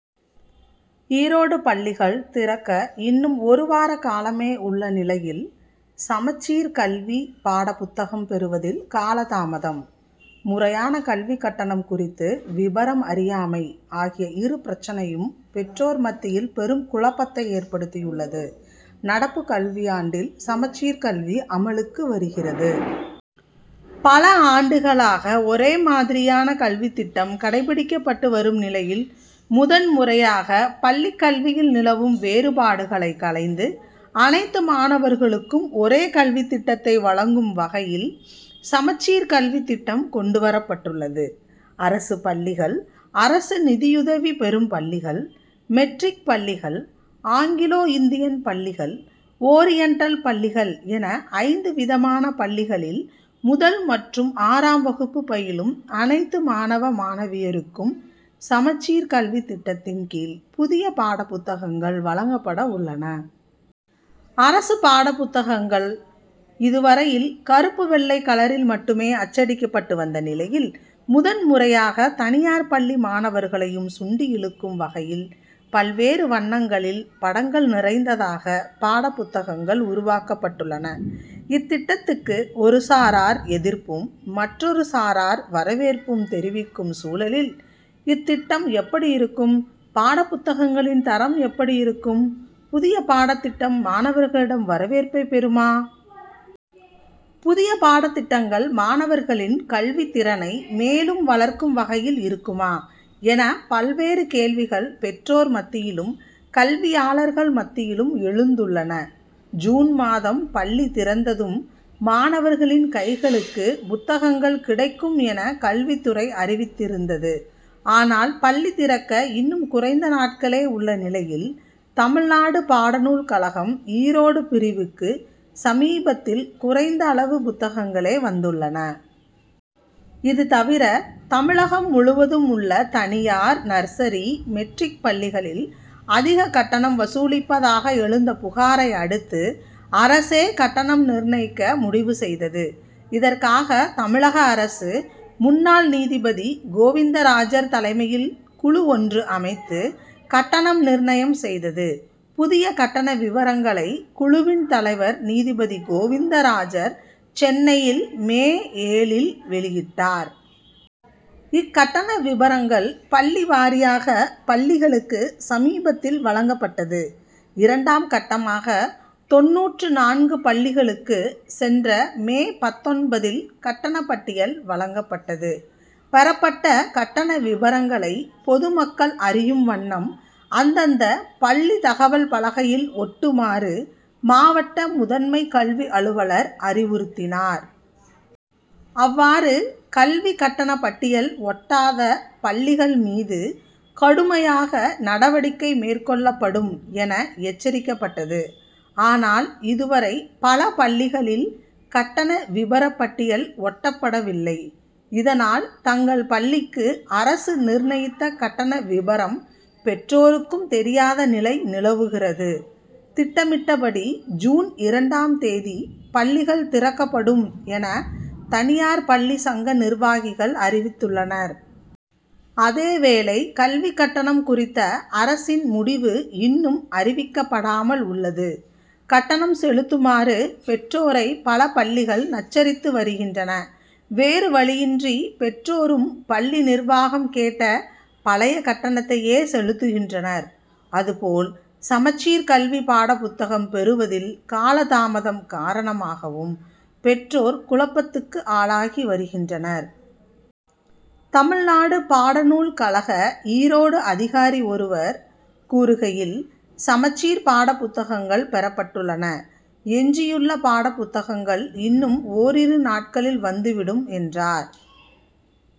ஈரோடு பள்ளிகள் திறக்க இன்னும் ஒருவார காலமே உள்ள நிலையில் சமச்சீர் கல்வி பாடப்புத்தகம் பெறுவதில் காலதாமதம், முறையான கல்விக் கட்டணம் குறித்து விபரம் அறியாமை ஆகிய இரு பிரச்சனையும் பெற்றோர் மத்தியில் பெரும் குழப்பத்தை ஏற்படுத்தியுள்ளது. நடப்பு கல்வியாண்டில் சமச்சீர் கல்வி அமலுக்கு வருகிறது. பல ஆண்டுகளாக ஒரே மாதிரியான ல்வித்திட்டம் கடைபிடிக்கப்பட்டு வரும் நிலையில், முதன் முறையாக பள்ளிக் கல்வியில் நிலவும் வேறுபாடுகளை களைந்து, அனைத்து மாணவர்களுக்கும் ஒரே கல்வித்திட்டத்தை வழங்கும் வகையில், சமச்சீர் கல்வித்திட்டம் கொண்டு வரப்பட்டுள்ளது. அரசு பள்ளிகள், அரசு நிதியுதவி பெறும் பள்ளிகள், மெட்ரிக் பள்ளிகள், ஆங்கிலோ இந்தியன் பள்ளிகள், ஓரியண்டல் பள்ளிகள் என ஐந்து விதமான பள்ளிகளில் முதல் மற்றும் ஆறாம் வகுப்பு பயிலும் அனைத்து மாணவ, மாணவியருக்கும், சமச்சீர் கல்வி திட்டத்தின் கீழ் புதிய பாடப்புத்தகங்கள் வழங்கப்பட உள்ளன. அரசு பாடப்புத்தகங்கள இதுவரையில் கறுப்பு, வெள்ளை கலரில் மட்டுமே அச்சடிக்கப்பட்டு வந்த நிலையில், முதன் முறையாக தனியார் பள்ளி மாணவர்களையும் சுண்டியிழுக்கும் வகையில், பல்வேறு வண்ணங்களில் படங்கள் நிறைந்ததாக பாடப்புத்தகங்கள் உருவாக்கப்பட்டுள்ளன. இத்திட்டத்துக்கு ஒரு சாரார் எதிர்ப்பும், மற்றொரு சாரார் வரவேற்பும் தெரிவிக்கும் சூழலில், இத்திட்டம் எப்படியிருக்கும், பாடப்புத்தகங்களின் தரம் எப்படி இருக்கும், புதிய பாடத்திட்டம் மாணவர்களிடம் வரவேற்பை பெறுமா? புதிய பாடத்திட்டங்கள் மாணவர்களின் கல்வித்திறனை மேலும் வளர்க்கும் வகையில் இருக்குமா? என பல்வேறு கேள்விகள் பெற்றோர் மத்தியிலும், கல்வியாளர்கள் மத்தியிலும் எழுந்துள்ளன. ஜூன் மாதம் பள்ளி திறந்ததும் மாணவர்களின் கைகளுக்கு புத்தகங்கள் கிடைக்கும் என கல்வித்துறை அறிவித்திருந்தது. ஆனால், பள்ளி திறக்க இன்னும் குறைந்த நாட்களே உள்ள நிலையில் தமிழ்நாடு பாடநூல் கழகம் ஈரோடு பிரிவுக்கு சமீபத்தில் குறைந்தளவு புத்தகங்களே வந்துள்ளன. இதுதவிர, தமிழகம் முழுவதும் உள்ள தனியார், நர்ஸரி, மெட்ரிக் பள்ளிகளில் அதிக கட்டணம் வசூலிப்பதாக எழுந்த புகாரை அடுத்து, அரசே கட்டணம் நிர்ணயிக்க முடிவு செய்தது. இதற்காக தமிழக அரசு முன்னாள் நீதிபதி கோவிந்தராஜர் தலைமையில் குழு ஒன்று அமைத்து கட்டணம் நிர்ணயம் செய்தது. புதிய கட்டண விபரங்களை, குழுவின் தலைவர் நீதிபதி கோவிந்தராஜர் சென்னையில் மே ஏழில் வெளியிட்டார். இக்கட்டண விபரங்கள் பள்ளி வாரியாக பள்ளிகளுக்கு சமீபத்தில் வழங்கப்பட்டது. இரண்டாம் கட்டமாக தொண்ணூற்று நான்கு பள்ளிகளுக்கு சென்ற மே பத்தொன்பதில் கட்டண பட்டியல் வழங்கப்பட்டது. பெறப்பட்ட கட்டண விபரங்களை பொதுமக்கள் அறியும் வண்ணம் அந்தந்த பள்ளி தகவல் பலகையில் ஒட்டுமாறு மாவட்ட முதன்மை கல்வி அலுவலர் அறிவுறுத்தினார். அவ்வாறு கல்வி கட்டண பட்டியல் ஒட்டாத பள்ளிகள் மீது கடுமையாக நடவடிக்கை மேற்கொள்ளப்படும் என எச்சரிக்கப்பட்டது. ஆனால், இதுவரை பல பள்ளிகளில் கட்டண விபரப்பட்டியல் ஒட்டப்படவில்லை. இதனால், தங்கள் பள்ளிக்கு அரசு நிர்ணயித்த கட்டண விபரம் பெற்றோருக்கும் தெரியாத நிலை நிலவுகிறது. திட்டமிட்டபடி ஜூன் இரண்டாம் தேதி பள்ளிகள் திறக்கப்படும் என தனியார் பள்ளி சங்க நிர்வாகிகள் அறிவித்துள்ளனர். அதேவேளை கல்விக் கட்டணம் குறித்த அரசின் முடிவு இன்னும் அறிவிக்கப்படாமல் உள்ளது. கட்டணம் செலுத்துமாறு பெற்றோரை பல பள்ளிகள் நச்சரித்து வருகின்றன. வேறு வழியின்றி பெற்றோரும் பள்ளி நிர்வாகம் கேட்ட பழைய கட்டணத்தையே செலுத்துகின்றனர். அதுபோல் சமச்சீர் கல்வி பாடப்புத்தகம் பெறுவதில் காலதாமதம் காரணமாகவும் பெற்றோர் குழப்பத்துக்கு ஆளாகி வருகின்றனர். தமிழ்நாடு பாடநூல் கழக ஈரோடு அதிகாரி ஒருவர் கூறுகையில், சமச்சீர் பாடப்புத்தகங்கள் பெறப்பட்டுள்ளன. எஞ்சியுள்ள பாடப்புத்தகங்கள் இன்னும் ஓரிரு நாட்களில் வந்துவிடும், என்றார்.